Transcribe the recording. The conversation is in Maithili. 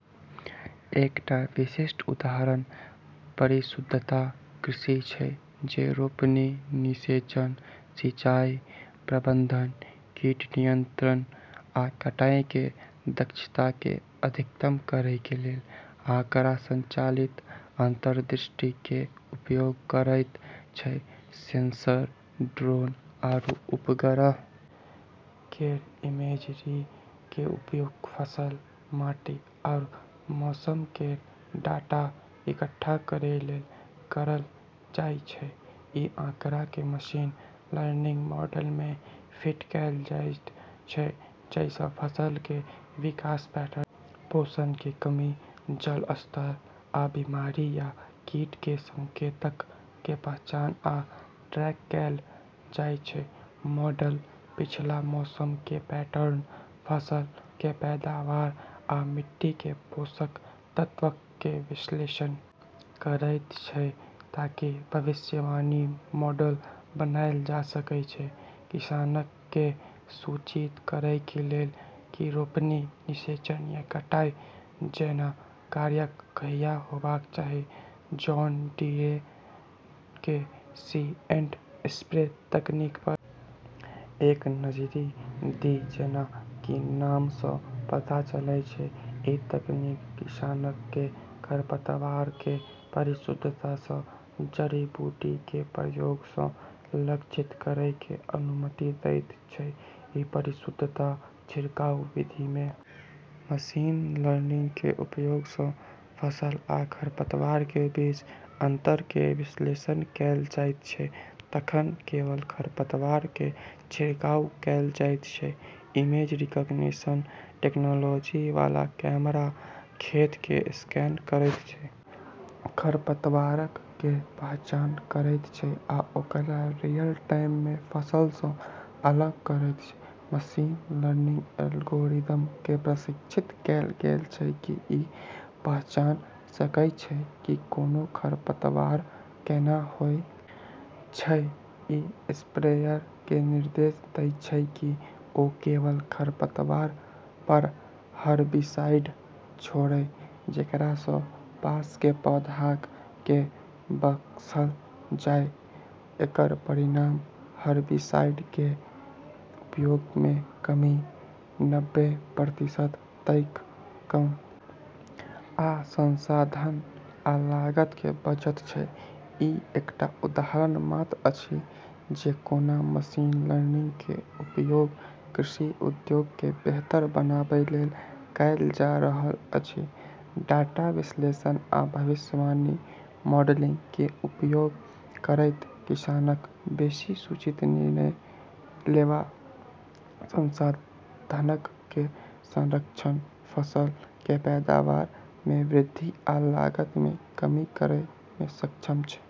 एकटा विशिष्ट उदाहरण परिशुद्धता कृषि छै जे रोपनी, निषेचन, सिंचाई प्रबंधन, कीट नियंत्रण आ कटाई कें दक्षता कें अधिकतम करय कें लेल आंकड़ा संचालित अंतर्दृष्टि कें उपयोग करयत छै, सेंसर, ड्रोन आरू उपग्रह केरऽ इमेजरी के उपयोग फसल, माटी आरू मौसम केरऽ डाटा इकट्ठा करै लेली करलऽ जाय छै, इ आंकड़ा कें मशीन लर्निंग मॉडल मे फीड कैल जायत छै, जइ सं फसल कें विकास पैटर्न, पोषण कें कमी, जल स्तर, आ बीमारी या कीट कें संकेतक कें पहचान आ ट्रैक कैल जायत छै, मॉडल पिछला मौसम कें पैटर्न, फसल कें पैदावार आ मिट्टी कें पोषक तत्वक कें विश्लेषण करयत छै ताकि भविष्यवाणी मॉडल बनायल जा सकय जे किसानक कें सूचित करय कें लेल की रोपनी, निषेचन या कटाई जैना कार्यक कहिया होबाक चाही, जॉन डीरे के सी एंड स्प्रे तकनीक पर एक नजरि दी जेना कि नाम सं पता चलय छै, इ तकनीक किसानक कें खरपतवार कें परिशुद्धता सं जड़ी-बूटी कें प्रयोग सं लक्षित करय कें अनुमति देयत छै, इ परिशुद्धता छिड़काव विधि मे मशीन लर्निंग कें उपयोग सं फसल आ खरपतवार कें बीच अंतर कें विश्लेषण कैल जायत छै तखन केवल खरपतवार कें छिड़काव कैल जायत छै, इमेज-रिकग्निशन टेक्नोलॉजी वाला कैमरा खेत कें स्कैन करयत छै, खरपतवारक कें पहचान करयत छै आ ओकरा रियल टाइम मे फसल सं अलग करयत छै, मशीन लर्निंग एल्गोरिदम कें प्रशिक्षित कैल गेल छै की इ पहचान सकय छै की कोनों खरपतवार कैना होय छै, इ स्प्रेयर कें निर्देश दै छै कि ओ केवल खरपतवार पर हरबिसाइड छोड़य, जेकरा सं पास कें पौधाक कें बख्शल जाय, एकर परिणाम हरबिसाइड कें उपयोग मे कमी नब्बे प्रतिशत तइक कम आ संसाधन आ लागत कें बचत छै, ई एकटा उदाहरण मात्र अछि जे कोना मशीन लर्निंग के उपयोग कृषि उद्योग के बेहतर बनाबय लेल कएल जा रहल अछि, डाटा विश्लेषण आ भविष्यवाणी मॉडलिंग कें उपयोग करयत किसानक बेसि सूचित निर्णय लेवा, संसाधनक कें संरक्षण, फसल कें पैदावार मे वृद्धि आ लागत मे कमी करय मे सक्षम छै।